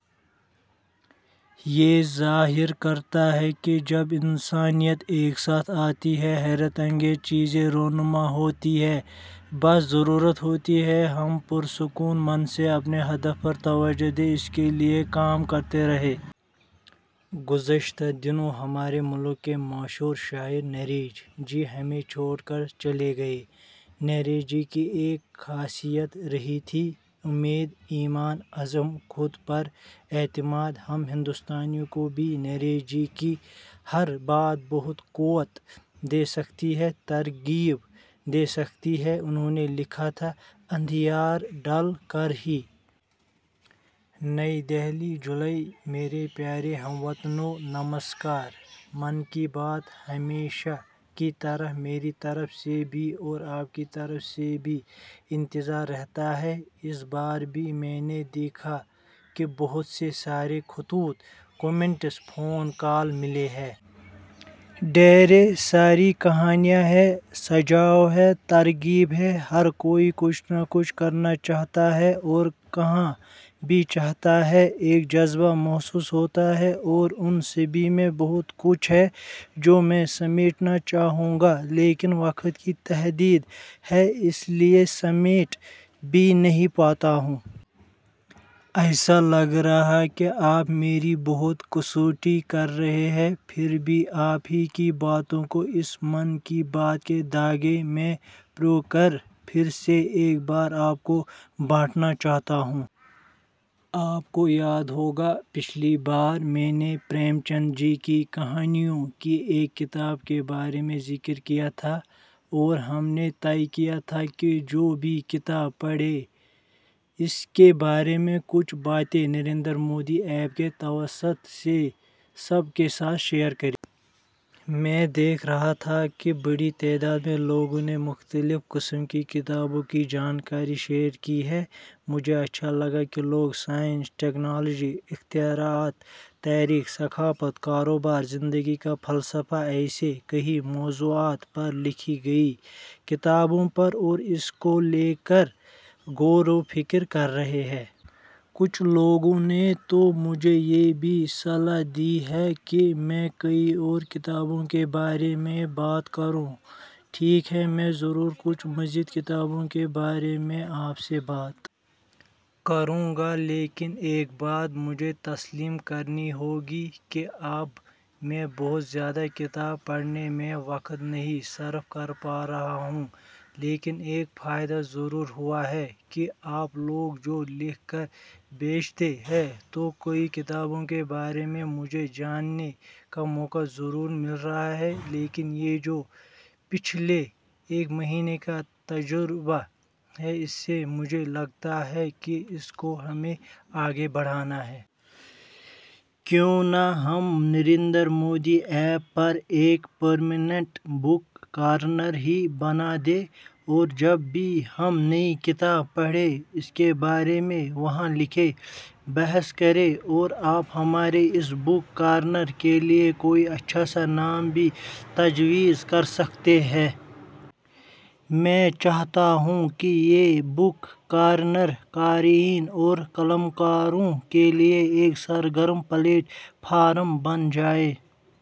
یہ ظاہر کرتا ہے کہ جب انسانیت ایک ساتھ آتی ہے، حیرت انگیز چیزیں رونما ہوتی ہیں۔ بس ضرورت ہوتی ہے ہم پرسکون من سے اپنے ہدف پر توجہ دیں، اس کے لیے کام کرتے رہیں۔ گزشتہ دنوں ہمارے ملک کے مشہور شاعر نیرج جی ہمیں چھوڑ کر چلے گئے۔ نیرج جی کی ایک خاصیت رہی تھی – امید، ایمان، عزم، خود پر اعتماد۔ ہم ہندوستانیوں کو بھی نیرج جی کی ہر بات بہت قوت دے سکتی ہے، ترغیب دے سکتی ہے – انہوں نے لکھا تھا – 'اندھیار ڈھل کر ہی. نئی دہلی، جولائی/ میرے پیارے ہم وطنو، نمسکار! 'من کی بات' ہمیشہ کی طرح میری طرف سے بھی اور آپ کی طرف سے بھی انتظار رہتا ہے۔ اس بار بھی میں نے دیکھا کہ بہت سے سارے خطوط، کمینٹس، فون کال ملے ہیں۔ ڈھیرے ساری کہانیاں ہیں، سجھاؤ ہیں، ترغیب ہیں، ہر کوئی کچھ نہ کچھ کرنا چاہتا ہے اور کہنا بھی چاہتا ہے۔ ایک جذبہ محسوس ہوتا ہے اور ان سبھی میں بہت کچھ ہے جو میں سمیٹنا چاہوں گا لیکن وقت کی تحدید ہے اس لیے سمیٹ بھی نہیں پاتا ہوں۔ ایسا لگ رہا ہے کہ آپ میری بہت کسوٹی کر رہے ہیں۔ پھر بھی آپ ہی کی باتوں کو اس 'من کی بات' کے دھاگے میں پروکر پھر سے ایک بار آپ کو بانٹنا چاہتا ہوں۔ آپ کو یاد ہوگا پچھلی بار میں نے پریم چند جی کی کہانیوں کی ایک کتاب کے بارے میں ذکر کیا تھا اور ہم نے طے کیا تھا کہ جو بھی کتاب پڑھے اس کے بارے میں کچھ باتیں نریندر مودی ایپ کے توسط سے سب کے ساتھ شیئر کریں۔ میں دیکھ رہا تھا کہ بڑی تعداد میں لوگوں نے مختلف قسم کی کتابوں کی جانکاری شیئر کی ہیں۔ مجھے اچھا لگا کہ لوگ سائنس، ٹیکنالوجی، اختراعات، تاریخ، ثقافت، کاروبار، زندگی کا فلسفہ ایسےکئی موضوعات پر لکھی گئی کتابوں پر اور اس کو لے کر غور وفکر کر رہے ہیں۔ کچھ لوگوں نے تو مجھے یہ بھی صلاح دی ہے کہ میں کئی اور کتابوں کے بارے میں بات کروں۔ ٹھیک ہے! میں ضرور کچھ مزید کتابوں کے بارے میں آپ سے بات کروں گا لیکن ایک بات مجھے تسلیم کرنی ہوگی کہ اب میں بہت زیادہ کتاب پڑھنے میں وقت نہیں صرف کر پا رہا ہوں لیکن ایک فائدہ ضرور ہوا ہے کہ آپ لوگ جو لکھ کر بھیجتے ہیں تو کئی کتابوں کے بارے میں مجھے جاننے کا موقع ضرور مل رہا ہے لیکن یہ جو پچھلے ایک مہینے کا تجربہ ہے اس سے مجھے لگتا ہے کہ اس کو ہمیں آگے بڑھانا ہے۔ کیوں نہ ہم نریندر مودی ایپ پر ایک پرماننٹ بک کارنر ہی بنا دیں۔ اور جب بھی ہم نئی کتاب پڑھیں اس کے بارے میں وہاں لکھیں، بحث کریں اور آپ ہمارے اس بک کارنر کے لیے کوئی اچھا سا نام بھی تجویز کرسکتے ہیں۔ میں چاہتا ہوں کہ یہ بک کارنر قارئین اور قلمکاروں کے لیے ایک سرگرم پلیٹ فارم بن جائے۔